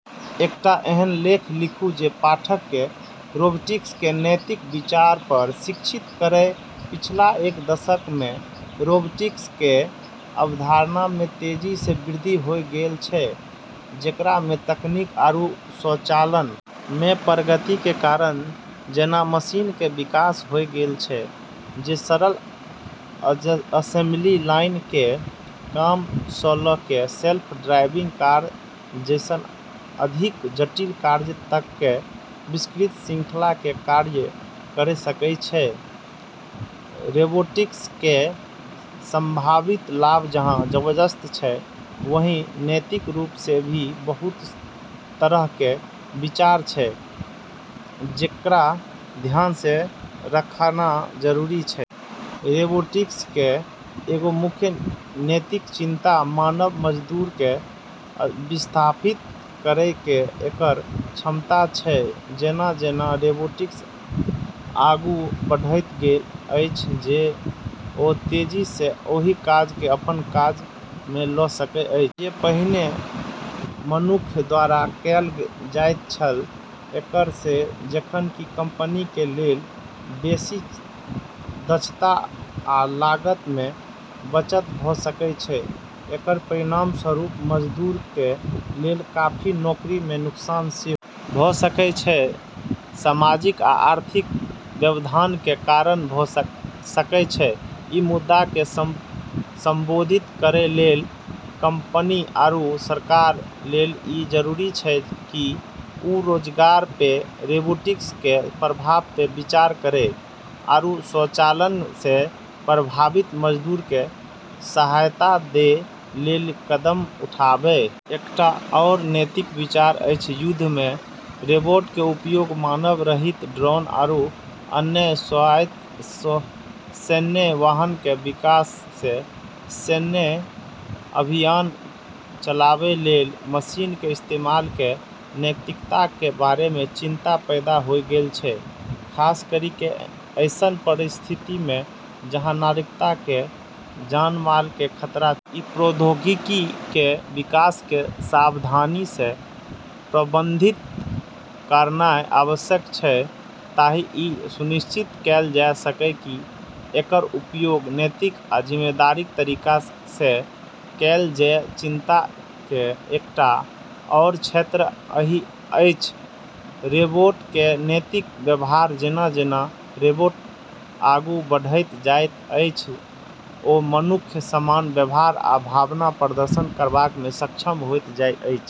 एकटा एहन लेख लिखू जे पाठक के रोबोटिक्स के नैतिक विचार पर शिक्षित करय पिछला एक दशक मे रोबोटिक्स केरऽ अवधारणा मे तेजी स॑ वृद्धि होय गेलऽ छै जेकरा मे तकनीक आरू स्वचालन मे प्रगति के कारण ऐन्हऽ मशीन के विकास होय गेलऽ छै जे सरल असेंबली लाइन केरऽ काम स ल क सेल्फ ड्राइविंग कार जैसनऽ अधिक जटिल कार्य तक के विस्तृत श्रृंखला के कार्य करी सकै छै, रोबोटिक्स केरऽ संभावित लाभ जहाँ जबरदस्त छै, वहीं नैतिक रूप से भी बहुत तरह के विचार छै जेकरा ध्यान मे रखना जरूरी छै। रोबोटिक्स केरऽ एगो मुख्य नैतिक चिंता मानव मजदूरऽ के विस्थापित करै के एकरऽ क्षमता छै जेना-जेना रोबोट आगू बढ़ैत गेल अछि ओ तेजी सं ओहि काज के अपना हाथ मे ल' सकैत अछि जे पहिने मनुक्ख द्वारा कयल जाइत छल, एकरा सं जखन कि कंपनीक कें लेल बेसि दक्षता आ लागत मे बचत भ सकय छै, एकर परिणामस्वरूप मजदूरक कें लेल काफी नौकरी कें नुकसान सेहो भ सकय छै जे सामाजिक आ आर्थिक व्यवधान कें कारण भ सकय छै, ई मुद्दा के संबोधित करै लेली कंपनी आरू सरकारऽ लेली ई जरूरी छै कि वू रोजगार पे रोबोटिक्स केरऽ प्रभाव पे विचार करै आरू स्वचालन से प्रभावित मजदूरऽ के सहायता दै लेली कदम उठाबै। एकटा आओर नैतिक विचार अछि युद्ध मे रोबोट के उपयोग मानव रहित ड्रोन आरू अन्य स्वायत्त सैन्य वाहन के विकास से सैन्य अभियान चलाबै लेली मशीन के इस्तेमाल के नैतिकता के बारे मे चिंता पैदा होय गेलऽ छै, खास करी के ऐसनऽ परिस्थिति मे जहाँ नागरिकऽ के जानमाल के खतरा छै। इ प्रौद्योगिकी कें विकास कें सावधानी सं प्रबंधित करनाय आवश्यक छै ताकि इ सुनिश्चित कैल जा सकय की एकर उपयोग नैतिक आ जिम्मेदार तरीका सं कैल जै चिंता के एकटा आओर क्षेत्र अछि रोबोट के नैतिक व्यवहार जेना-जेना रोबोट आगू बढ़ैत जाइत अछि, ओ मनुक्खक समान व्यवहार आ भावनाक प्रदर्शन करबा मे सक्षम होइत जाइत अछि।